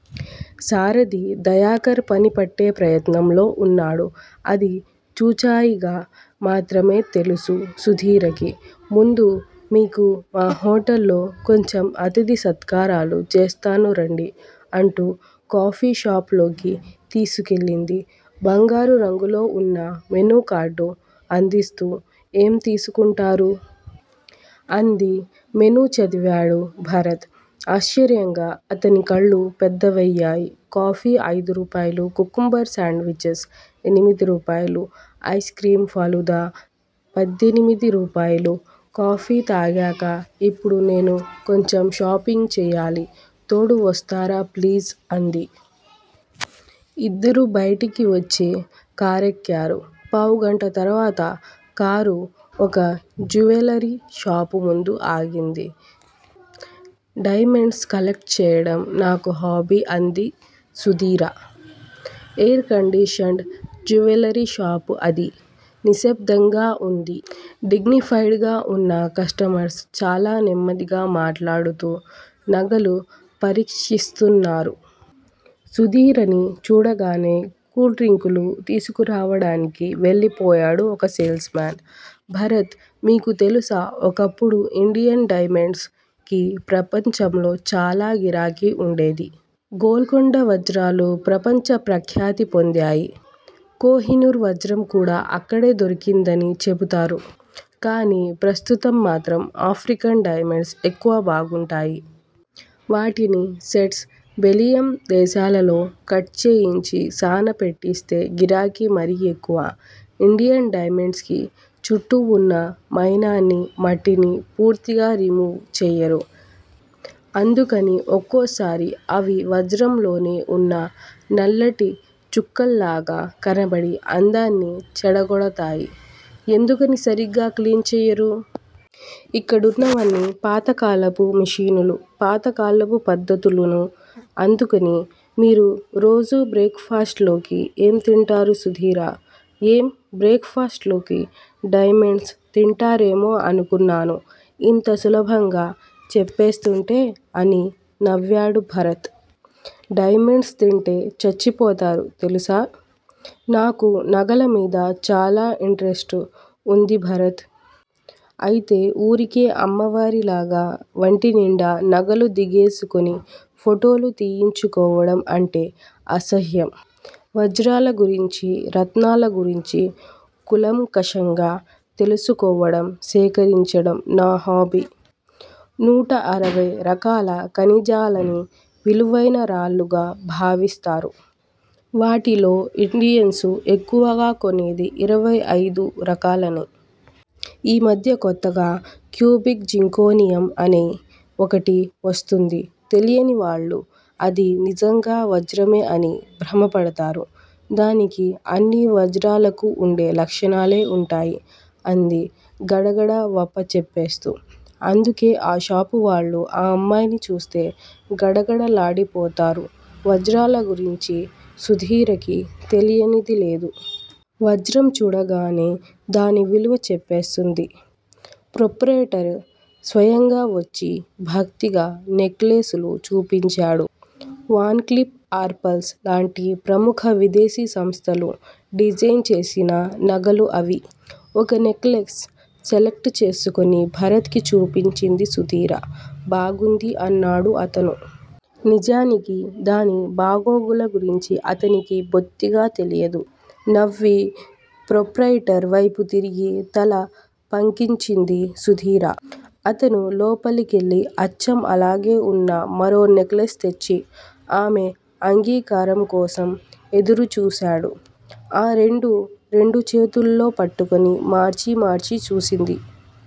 సారధి దయాకర్ పని పట్టే ప్రయత్నంలో ఉన్నాడు. అది చూచాయిగా మాత్రమే తెలుసు సుదీరకి. ముందు మీకు మా హొటల్ లో కొంచెం అతిధి సత్కారాలు చేస్తాను రండి! అంటూ కాఫీ షాప్ లోకి తీసుకెళ్ళింది. బంగారు రంగులో ఉన్న మెనూ కార్డు అందిస్తూ, ఏం తీసుకుంటారు? ' అంది. మెనూ చదివాడు భరత్. ఆశ్చర్యంగా అతని కళ్ళు పెద్దవయ్యాయి. కాఫీ- అయిదు రూపాయలు. కుకుంబర్ శాండ్ విచేస్- ఎనిమిది రూపాయలు. ఐస్ క్రీమ్ ఫలుదా- పద్దెనిమిది రూపాయలు. కాఫీ తాగాక 'ఇప్పుడు నేను కొంచెం షాపింగ్ చెయ్యాలి, తోడు వస్తారా? ప్లీజ్! అంది. ఇద్దరూ బయటికి వచ్చి కారేక్కారు. పావుగంట తర్వాత కారు ఒక జ్యువెలరి షాపు ముందు ఆగింది. దైమెండ్స్ కలెక్ట్ చెయ్యడం నాకు హాబీ! అంది Sudheera. Air conditioned jewellery shop అది. నిశ్శబ్దంగా వుంది. డిగ్నిపైడ్ గా ఉన్న కస్టమర్స్ చాల నెమ్మదిగా మాట్లాడుతూ నగలు పరిక్షిస్తున్నారు. సుదీరని చూడగానే కూల్ డ్రింకులు తీసుకురావడానికి వెళ్ళిపోయాడు ఒక సేల్స్ మాన్. భరత్! మీకు తెలుసా? ఒకప్పుడు ఇండియన్ డైమండ్స్ కి ప్రపంచంలో చాలా గిరాకి ఉండేది. గోల్కొండ వజ్రాలు ప్రపంచ ప్రఖ్యాతి పొందాయి. కోహినూర్ వజ్రం కూడా అక్కడే దొరికిందని చెబుతారు. కానీ ప్రస్తుతం మాత్రం ఆఫ్రికన్ డైమండ్స్ ఎక్కువ బాగుంటాయి. వాటిని సెట్స్, బెలియమ్ దేశాలలో కట్ చేయించి సాన పెట్టిస్తే గిరాకి మరి ఎక్కువ. ఇండియన్ డైమండ్స్ కి చుట్టూ ఉన్న మైనాన్ని, మట్టిని పూర్తిగా రిమూవ్ చెయ్యరు. అందుకని ఒక్కోసారి అవి వజ్రలలోనే ఉన్న నల్లటి చుక్కల్లగా కనబడి, అందాన్ని చెడగోడతాయి. ఎందుకని సరిగ్గా క్లీన్ చెయ్యరు? ఇక్కడున్నవన్ని పాతకాలపు మెషినులు, పాతకాలపు పద్దతులునూ! అందుకని! మీరు రోజు బ్రేక్ ఫాస్ట్ లోకి ఏం తింటారు సుదీరా? ఏం? బ్రేక్ ఫాస్ట్ లోకి డైమండ్స్ తింటారేమో అనుకున్నాను. ఇంత సులభంగా చెప్పేస్తుంటే! అని నవ్వాడు భరత్. దైమెండ్స్ తింటే చచ్చిపోతారు తెలుసా? నాకు నగలమీద చాల ఇంటరెస్టు ఉంది భరత్. అయితే ఉరికే అమ్మవారిలాగా వంటినిండా నగలు దిగేసుకుని ఫోటోలు తీయించుకోవడం అంటే అసహ్యం. వజ్రాల గురించి, రత్నాల గురించి కూలంకషంగా తెలుసుకోవడం, సేకరించడం నా హాబీ! నూట అరవై రకాల ఖనిజాలని విలువైన రాళ్ళుగా భావిస్తారు. వాటిలో ఇండియన్సు ఎక్కువగా కొనేది ఇరవై అయిదు రకాలూ ఈ మధ్య కొత్తగా క్యూబిక్ జింకోనియం అని ఒకటి వస్తోంది. తెలియని వాళ్ళు అది నిజంగా వజ్రమే అని భ్రమ పడతారు. దానికి అన్ని వజ్రాలకు ఉండే లక్షణాలే ఉంటాయి అంది గడగడ వప్పచెప్పేస్తూ. అందుకే ఆ షాపువాళ్ళు ఆ అమ్మాయిని చూస్తే గడగడలాడిపోతారు. వజ్రాల గురించి సుదీరకి తెలియనిది లేదు. వజ్రం చూడగానే దాని విలువ చెప్పేస్తుంది. ప్రోప్రయిటర్ స్వయంగా వచ్చి, భక్తిగా నెక్లేసులు చూపించాడు. వాన్ క్లీఫ్ అర్పల్స్ లాంటి ప్రముఖ విదేశీ సంస్థలు డిజైన్ చేసిన నగలు అవి. ఒక నెక్లెస్ సెలెక్ట్ చేసుకుని భరత్ కి చూపించింది సుదీర. బాగుంది! అన్నాడు అతను. నిజానికి దాని బాగోగులు గురించి అతనికి బొత్తిగా తెలియదు. నవ్వి- ప్రోప్రయిటర్ వైపు తిరిగి, తల పంకించింది సుదీర. అతను లోపలికెళ్ళి అచ్చం అలాగే వున్న మరో నెక్లెస్ తెచ్చి, ఆమె అంగీకారం కోసం ఎదురు చూశాడు. ఆ రెండూ రెండు చేతుల్లో పట్టుకుని, మార్చి మర్చి చూసింది